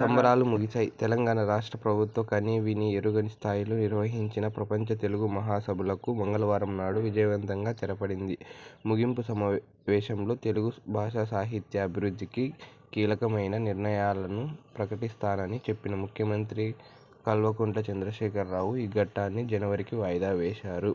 సంబరాలు ముగిసాయి. తెలంగాణ రాష్ట్ర ప్రభుత్వం కనీ వినీ ఎరుగని స్థాయిలో నిర్వహించిన ప్రపంచ తెలుగు మహాసభలకు మంగళవారం నాడు విజయవంతంగా తెరపడింది. ముగింపు సమావేశంలో తెలుగు భాషా సాహిత్యా అభివృద్ధికి కీలకమయిన నిర్ణయాలను ప్రకటిస్తానని చెప్పిన ముఖ్యమంత్రి కల్వకుంట్ల చంద్రశేఖరరావు, ఈ ఘట్టాన్ని జనవరికి వాయిదా వేశారు.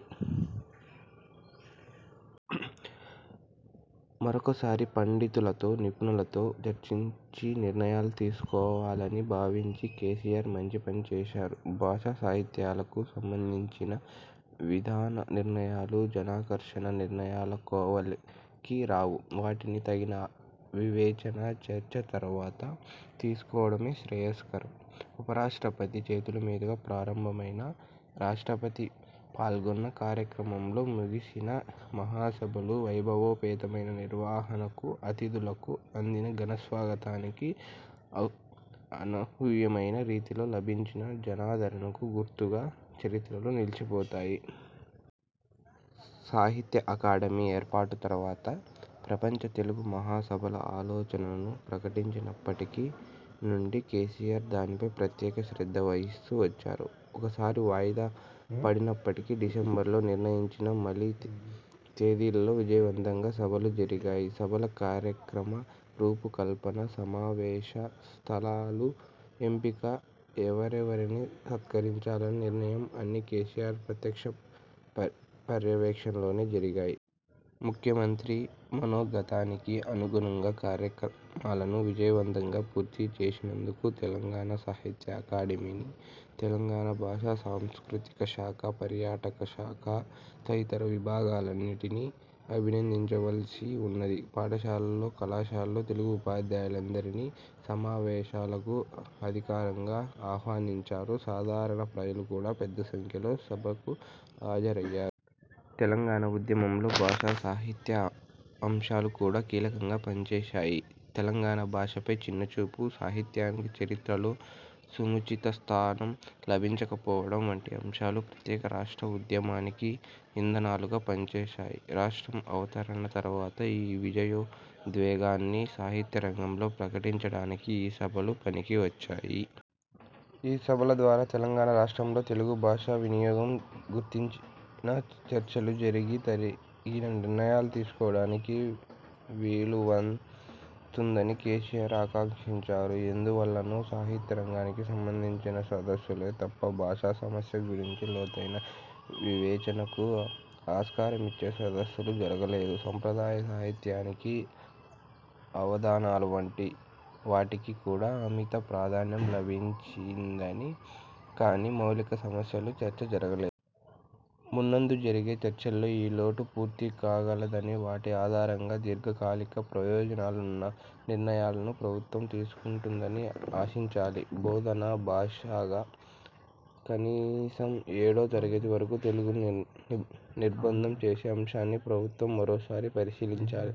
మరొకసారి పండితులతో, నిపుణులతో చర్చించి నిర్ణయాలు తీసుకోవాలని భావించి కేసీఆర్ మంచిపని చేశారు. భాషా సాహిత్యాలకు సంబంధించిన విధాన నిర్ణయాలు జనాకర్షన నిర్ణయాల కోవలోకి రావు. వాటిని తగిన వివేచన, చర్చ తరువాత తీసుకోవడమే శ్రేయస్కరం. ఉప రాష్ట్రపతి చేతుల మీదుగా ప్రారంభమైన, రాష్ట్రపతి పాల్గొన్న కార్యక్రమంలో ముగిసిన మహాసభలు వైభవోపేతమైన నిర్వహణకు, ఆతిథులకు అందిన ఘనస్వాగతానికి, అన్ అనూహ్యమైన రీతిలో లభించిన జనాదరణకు గుర్తుగా చరిత్రలో నిలిచిపోతాయి. సాహిత్య అకాడమీ ఏర్పాటు తరువాత, ప్రపంచ తెలుగు మహాసభల ఆలోచనను ప్రకటించినప్పటికి నుండి కేసీఆర్ దానిపై ప్రత్యేక శ్రద్ధ వహిస్తూ వచ్చారు. ఒకసారి వాయిదా పడినప్పటికీ, డిసెంబర్లో నిర్ణయించిన మలి తేదీలలో విజయవంతంగా సభలు జరిగాయి. సభల కార్యక్రమ రూప కల్పన, సమావేశ స్థలాలు ఎంపిక, ఎవరెవరిని సత్కరించాలని నిర్ణయం అన్నీ కేసీఆర్ ప్రత్యక్ష పర్యవేక్షణలోనే జరిగాయి. ముఖ్యమంత్రి మనోగతానికి అనుగుణంగా కార్యక్రమాలను విజయవంతంగా పూర్తి చేసినందుకు తెలంగాణ సాహిత్య అకాడమీని, తెలంగాణ భాషా సాంస్కృతిక శాఖ, పర్యాటక శాఖ తదితర విభాగాలన్నిటినీ అభినందించవలసి ఉన్నది. పాఠశాలల్లో, కళాశాలల్లో తెలుగు ఉపాధ్యాయులందరినీ సమావేశాలకు అధికారికంగా ఆహ్వానించారు. సాధారణ ప్రజలు కూడా పెద్ద సంఖ్యలో సభలకు హాజరయ్యారు. తెలంగాణ ఉద్యమంలో భాషా సాహిత్య అంశాలు కూడా కీలకంగా పనిచేశాయి. తెలంగాణ భాషపై చిన్నచూపు, సాహిత్యానికి చరిత్రలో సముచిత స్థానం లభించకపోవడం, వంటి అంశాలు ప్రత్యేక రాష్ట్ర ఉద్యమానికి ఇంధనాలుగా పనిచేశాయి. రాష్ట్రం అవతరణ తరువాత, ఈ విజయోద్వేగాన్ని సాహిత్యరంగంలో ప్రకటించడానికి ఈ సభలు పనికి వచ్చాయి. ఈ సభల ద్వారా తెలంగాణ రాష్ట్రంలో తెలుగు భాష వినియోగం గుర్తించిన చర్చలు జరిగి, తగిన నిర్ణయాలు తీసుకోవడానికి వీలవుతుందని కేసీఆర్ ఆకాంక్షించారు. ఎందువల్లనో, సాహిత్యరంగానికి సంబంధించిన సదస్సులే తప్ప, భాషా సమస్య గురించి లోతైన వివేచనకు ఆస్కారమిచ్చే సదస్సులు జరగలేదు. సంప్రదాయ సాహిత్యానికి, అవధానాల వంటి వాటికి కూడా అమిత ప్రాధాన్యం లభించిందని కానీ, మౌలిక సమస్యలు చర్చ జరగలేదు. మున్ముందు జరిగే చర్చల్లో ఈ లోటు పూర్తి కాగలదని, వాటి ఆధారంగా దీర్ఘకాలిక ప్రయోజనాలున్న నిర్ణయాలను ప్రభుత్వం తీసుకుంటుందని ఆశించాలి. బోధనా భాషగా కనీసం ఏడో తరగతి వరకు తెలుగును నిర్ నిర్బంధం చేసే అంశాన్ని ప్రభుత్వం మరోసారి పరిశీలించాలి.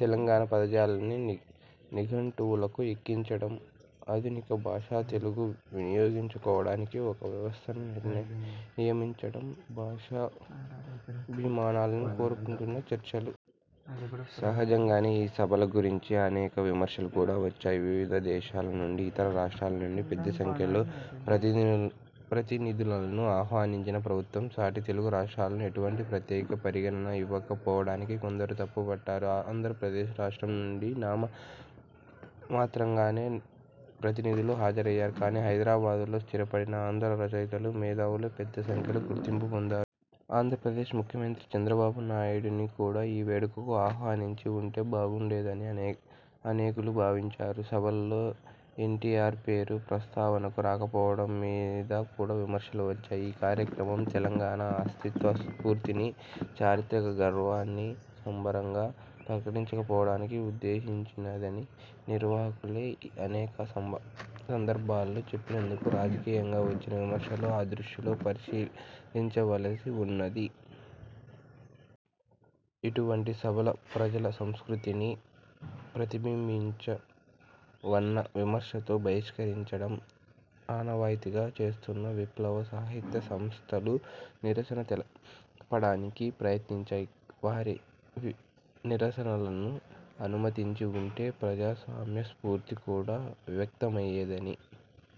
తెలంగాణ పదజాలాన్ని నిని ఘంటువులకు ఎక్కించడం, ఆధునిక భాషగా తెలుగును వినియోగించుకోవడానికి ఒక వ్యవస్థను నియమించడం, భాషాభిమానాలను కోరుకుంటున్న చర్చలు. సహజంగానే ఈ సభల గురించి అనేక విమర్శలు కూడా వచ్చాయి. వివిధ దేశాల నుండి, ఇతర రాష్ట్రాల నుండి పెద్ద సంఖ్యలో ప్రతినిధులు ప్రతినిధులను ఆహ్వానించిన ప్రభుత్వం సాటి తెలుగు రాష్ట్రాలని ఎటువంటి ప్రత్యేక పరిగణన ఇవ్వక పోవడానికి కొందరు తప్పు పట్టారు. ఆంధ్రప్రదేశ్ రాష్ట్రం నుండి నామ మాత్రంగానే ప్రతినిధులు హాజరయ్యారు కానీ, హైదరాబాద్లో స్థిరపడిన ఆంధ్ర రచయితలు, మేధావులు పెద్ద సంఖ్యలో గుర్తింపు పొందారు. ఆంధ్రప్రదేశ్ ముఖ్యమంత్రి చంద్రబాబు నాయుడుని కూడా ఈ వేడుకకు ఆహ్వానించి ఉంటే బాగుండేదని అనేకు అనేకులు భావించారు. సభలలో ఎన్టీఆర్ పేరు ప్రస్తావనకు రాకపోవడం మీద కూడా విమర్శలు వచ్చాయి. ఈ కార్యక్రమం తెలంగాణ అస్తిత్వ స్ఫూర్తిని, చారిత్రక గర్వాన్ని సంబరంగా ప్రకటించకపోవడానికి ఉద్దేశించినదని నిర్వాహకులే అనేక సందర్భాలలో చెప్పినందుకు, రాజకీయంగా వచ్చిన విమర్శలను ఆ దృష్టితో పరిశీలించవలసి ఉన్నది. ఇటువంటి సభలు ప్రజల సంస్కృతిని ప్రతిబింబించవన్న విమర్శతో బహిష్కరించడం ఆనవాయితీగా చేస్తున్న విప్లవ సాహిత్యసంస్థలు నిరసన తెలపడానికి ప్రయత్నించాయి. వారి నిరసనలను అనుమతించి ఉంటే ప్రజాస్వామ్య స్ఫూర్తి కూడా వ్యక్తమయ్యేదని,